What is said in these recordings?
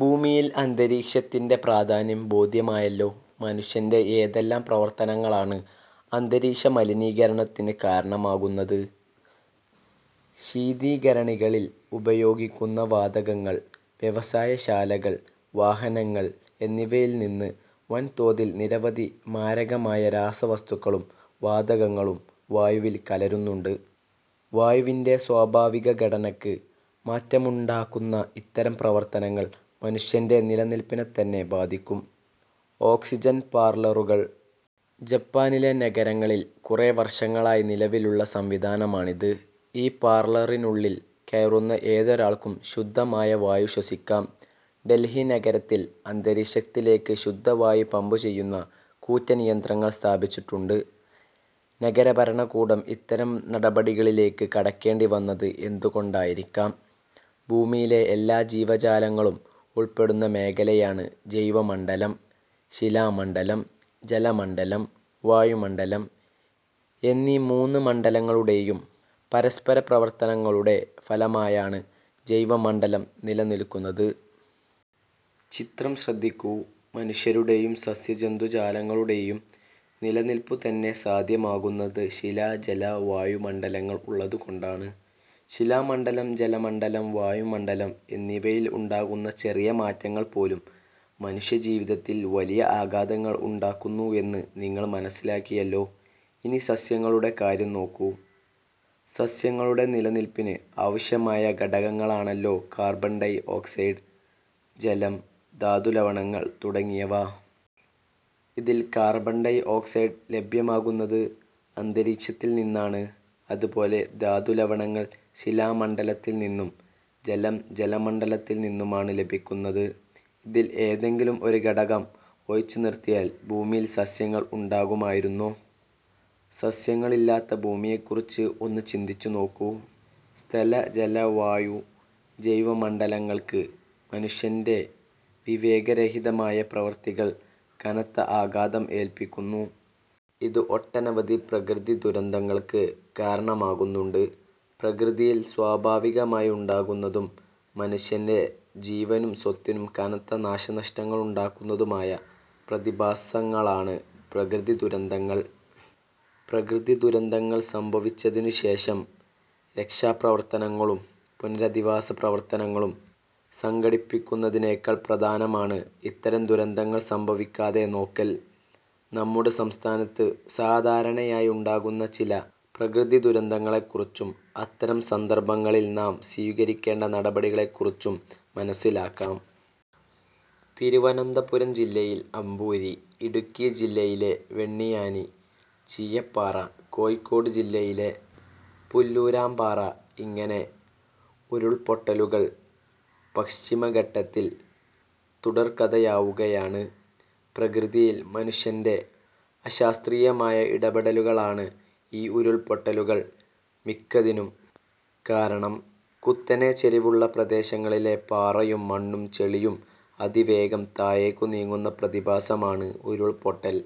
ഭൂമിയിൽ അന്തരീക്ഷത്തിന്റെ പ്രാധാന്യം ബോധ്യമായല്ലോ. മനുഷ്യന്റെ ഏതെല്ലാം പ്രവർത്തനങ്ങളാണ് അന്തരീക്ഷ മലിനീകരണത്തിന് കാരണമാകുന്നത്? ശീതീകരണികളിൽ ഉപയോഗിക്കുന്ന വാതകങ്ങൾ വ്യവസായശാലകൾ, വാഹനങ്ങൾ എന്നിവയിൽനിന്ന് വൻതോതിൽ നിരവധി മാരകമായ രാസവസ്തുക്കളും വാതകങ്ങളും വായുവിൽ കലരുന്നുണ്ട്. വായുവിന്റെ സ്വാഭാവികഘടനയ്ക്ക് മാറ്റമുണ്ടാക്കുന്ന ഇത്തരം പ്രവർത്തനങ്ങൾ മനുഷ്യന്റെ നിലനിൽപ്പിനെത്തന്നെ ബാധിക്കും. ഓക്സിജൻ പാർലറുകൾ! ജപ്പാനിലെ നഗരങ്ങളിൽ കുറെ വർഷങ്ങളായി നിലവിലുള്ള സംവിധാനമാണിത്. ഈ പാർലറിനുള്ളിൽ കയറുന്ന ഏതൊരാൾക്കും ശുദ്ധമായ വായു ശ്വസിക്കാം. ഡൽഹി നഗരത്തിൽ അന്തരീക്ഷത്തിലേക്ക് ശുദ്ധവായു പമ്പുചെയ്യുന്ന കൂറ്റൻ യന്ത്രങ്ങൾ സ്ഥാപിച്ചിട്ടുണ്ട്. നഗരഭരണകൂടം ഇത്തരം നടപടികളിലേക്ക് കടക്കേണ്ടിവന്നത് എന്തുകൊണ്ടായിരിക്കാം? ഭൂമിയിലെ എല്ലാ ജീവജാലങ്ങളും ഉൾപ്പെടുന്ന മേഖലയാണ് ജൈവമണ്ഡലം. ശിലാമണ്ഡലം, ജലമണ്ഡലം, വായുമണ്ഡലം എന്നീ മൂന്ന് മണ്ഡലങ്ങളുടെയും പരസ്പരപ്രവർത്തനങ്ങളുടെ ഫലമായാണ് ജൈവമണ്ഡലം നിലനിൽക്കുന്നത്. ചിത്രം ശ്രദ്ധിക്കു. മനുഷ്യരുടെയും സസ്യജന്തുജാലങ്ങളുടെയും നിലനിൽപ്പുതന്നെ സാധ്യമാകുന്നത് ശിലാ ജല-വായു മണ്ഡലങ്ങൾ ഉള്ളതുകൊണ്ടാണ്. ശിലാമണ്ഡലം, ജലമണ്ഡലം, വായുമണ്ഡലം എന്നിവയിൽ ഉണ്ടാകുന്ന ചെറിയ മാറ്റങ്ങൾപോലും മനുഷ്യജീവിതത്തിൽ വലിയ ആഘാതങ്ങൾ ഉണ്ടാക്കുന്നുവെന്ന് നിങ്ങൾ മനസ്സിലാക്കിയല്ലോ. ഇനി സസ്യങ്ങളുടെ കാര്യം നോക്കു. സസ്യങ്ങളുടെ നിലനിൽപ്പിന് ആവശ്യമായ ഘടകങ്ങളാണല്ലോ കാർബൺ ഡൈ ഓക്സൈഡ്, ജലം, ധാതുലവണങ്ങൾ തുടങ്ങിയവ. ഇതിൽ കാർബൺ ഡൈഓക്സൈഡ് ലഭ്യമാകുന്നത്അ ന്തരീക്ഷത്തിൽനിന്നാണ്. അതുപോലെ ധാതുലവണങ്ങൾ ശിലാമണ്ഡലത്തിൽനിന്നും ജലം ജലമണ്ഡലത്തിൽ നിന്നുമാണ് ലഭിക്കുന്നത്. ഇതിൽ ഏതെങ്കിലും ഒരു ഘടകം ഒഴിച്ചുനിർത്തിയാൽ ഭൂമിയിൽ സസ്യങ്ങൾ ഉണ്ടാകുമായിരുന്നോ? സസ്യങ്ങളില്ലാത്ത ഭൂമിയെക്കുറിച്ച് ഒന്നു ചിന്തിച്ചുനോക്കു. സ്ഥല, ജല, വായു, ജൈവമണ്ഡലങ്ങൾക്ക് മനുഷ്യന്റെ വിവേകരഹിതമായ പ്രവൃത്തികൾ കനത്ത ആഘാതം ഏൽപ്പിക്കുന്നു. ഇത് ഒട്ടനവധി പ്രകൃതി ദുരന്തങ്ങൾക്ക് കാരണമാകുന്നുണ്ട്. പ്രകൃതിയിൽ സ്വാഭാവികമായി ഉണ്ടാകുന്നതും മനുഷ്യന്റെ ജീവനും സ്വത്തിനും കനത്ത നാശനഷ്ടമുണ്ടാക്കുന്നതുമായ പ്രതിഭാസങ്ങളാണ് പ്രകൃതിദുരന്തങ്ങൾ. പ്രകൃതിദുരന്തങ്ങൾ സംഭവിച്ചതിനുശേഷം രക്ഷാപ്രവർത്തനങ്ങളും പുനരധിവാസ പ്രവർത്തനങ്ങളും സംഘടിപ്പിക്കുന്നതിനേക്കാൾ പ്രധാനമാണ് ഇത്തരം ദുരന്തങ്ങൾ സംഭവിക്കാതെ നോക്കൽ. നമ്മുടെ സംസ്ഥാനത്ത് സാധാരണയായി ഉണ്ടാകുന്ന ചില പ്രകൃതിദുരന്തങ്ങളെക്കുറിച്ചും അത്തരം സന്ദർഭങ്ങളിൽ നാം സ്വീകരിക്കേണ്ട നടപടികളെക്കുറിച്ചും മനസ്സിലാക്കാം. തിരുവനന്തപുരം ജില്ലയിലെ അമ്പൂരി, ഇടുക്കി ജില്ലയിലെ വെണ്ണിയാനി, ചീയപ്പാറ, കോഴിക്കോട് ജില്ലയിലെ പുല്ലൂരാമ്പാറ ഇങ്ങനെ ഉരുൾപൊട്ടലുകൾ പശ്ചിമഘട്ടത്തിൽ തുടർക്കഥയാവുകയാണ്. പ്രകൃതിയിൽ മനുഷ്യന്റെ അശാസ്ത്രീയമായ ഇടപെടലുകളാണ് ഈ ഉരുൾപൊട്ടലുകൾ മിക്കതിനും കാരണം. കുത്തനെ ചരിവുള്ള പ്രദേശങ്ങളിലെ പാറയും മണ്ണും ചെളിയും അതിവേഗം താഴേക്കു നീങ്ങുന്ന പ്രതിഭാസമാണ് ഉരുൾപൊട്ടൽ.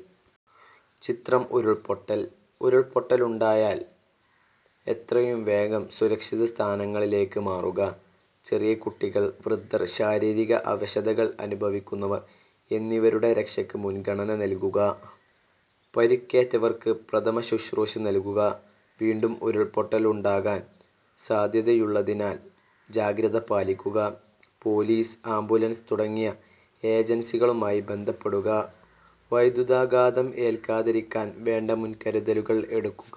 ചിത്രം ഉരുൾപൊട്ടൽ. ഉരുൾപൊട്ടലുണ്ടായാൽ എത്രയും വേഗം സുരക്ഷിതസ്ഥാനങ്ങളിലേക്ക് മാറുക. ചെറിയ കുട്ടികൾ, വൃദ്ധർ, ശാരീരിക അവശതകൾ അനുഭവിക്കുന്നവർ എന്നിവരുടെ രക്ഷയ്ക്ക് മുൻഗണന നൽകുക. പരിക്കേറ്റവർക്ക് പ്രഥമശുശ്രൂഷ നൽകുക. വീണ്ടും ഉരുൾപൊട്ടൽ ഉണ്ടാകാൻ സാധ്യതയുള്ളതിനാൽ ജാഗ്രത പാലിക്കുക. പോലീസ്, ആംബുലൻസ് തുടങ്ങിയ ഏജൻസികളുമായി ബന്ധപ്പെടുക. വൈദ്യുതാഘാതം ഏൽക്കാതിരിക്കാൻ വേണ്ട മുൻകരുതലുകൾ എടുക്കുക.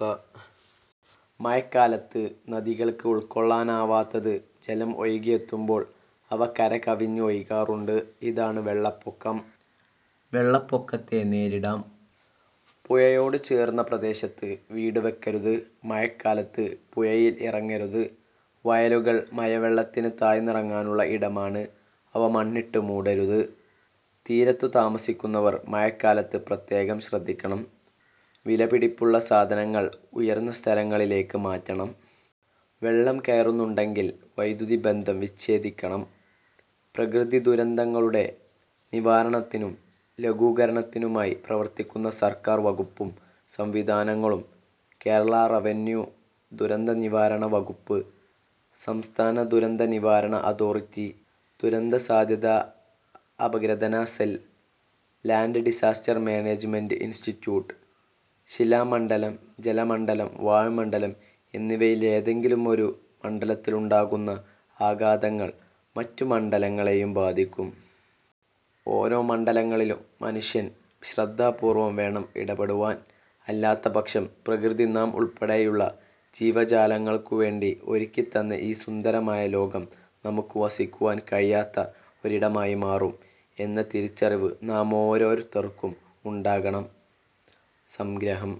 മഴക്കാലത്ത് നദികൾക്ക് ഉൾക്കൊള്ളാനാവാത്തത് ജലം ഒഴുകിയെത്തുമ്പോൾ അവ കര കവിഞ്ഞ് ഒഴുകാറുണ്ട്. ഇതാണ് വെള്ളപ്പൊക്കം. വെളളപ്പൊക്കത്തെ നേരിടാം. പുഴയോടുചേർന്ന പ്രദേശത്ത് വീടുവയ്ക്കരുത്. മഴക്കാലത്ത് പുഴയിൽ ഇറങ്ങരുത്. വയലുകൾ മഴവെള്ളത്തിന് താഴ്ന്നിറങ്ങാനുള്ള ഇടമാണ്. അവ മണ്ണിട്ടുമൂടരുത്. തീരത്തു താമസിക്കുന്നവർ മഴക്കാലത്ത് പ്രത്യേകം ശ്രദ്ധിക്കണം. വിലപിടിപ്പുള്ള സാധനങ്ങൾ ഉയർന്ന സ്ഥലങ്ങളിലേക്ക് മാറ്റണം. വെള്ളം കയറുന്നുണ്ടെങ്കിൽ വൈദ്യുതിബന്ധം വിച്ഛേദിക്കണം. പ്രകൃതിദുരന്തങ്ങളുടെ നിവാരണത്തിനും ലഘൂകരണത്തിനുമായി പ്രവർത്തിക്കുന്ന സർക്കാർ വകുപ്പും സംവിധാനങ്ങളും- കേരള റവന്യൂ-ദുരന്തനിവാരണ വകുപ്പ്, സംസ്ഥാന ദുരന്തനിവാരണ അതോറിറ്റി, ദുരന്ത സാധ്യതാ അപഗ്രഥന cell, land & disaster management institute. ശിലാമണ്ഡലം, ജലമണ്ഡലം, വായുമണ്ഡലം എന്നിവയിൽ ഏതെങ്കിലുമൊരു മണ്ഡലത്തിലുണ്ടാകുന്ന ആഘാതങ്ങൾ മറ്റു മണ്ഡലങ്ങളെയും ബാധിക്കും. ഓരോ മണ്ഡലങ്ങളിലും മനുഷ്യൻ ശ്രദ്ധാപൂർവ്വം വേണം ഇടപെടുവാൻ. അല്ലാത്തപക്ഷം പ്രകൃതി നാം ഉൾപ്പെടെയുള്ള ജീവജാലങ്ങൾക്കു വേണ്ടി ഒരുക്കിത്തന്ന ഈ സുന്ദരമായ ലോകം നമുക്ക് വസിക്കുവാൻ കഴിയാത്ത ഒരിടമായി മാറും എന്ന തിരിച്ചറിവ് നാമോരോരുത്തർക്കും ഉണ്ടാകണം. സംഗ്രഹം-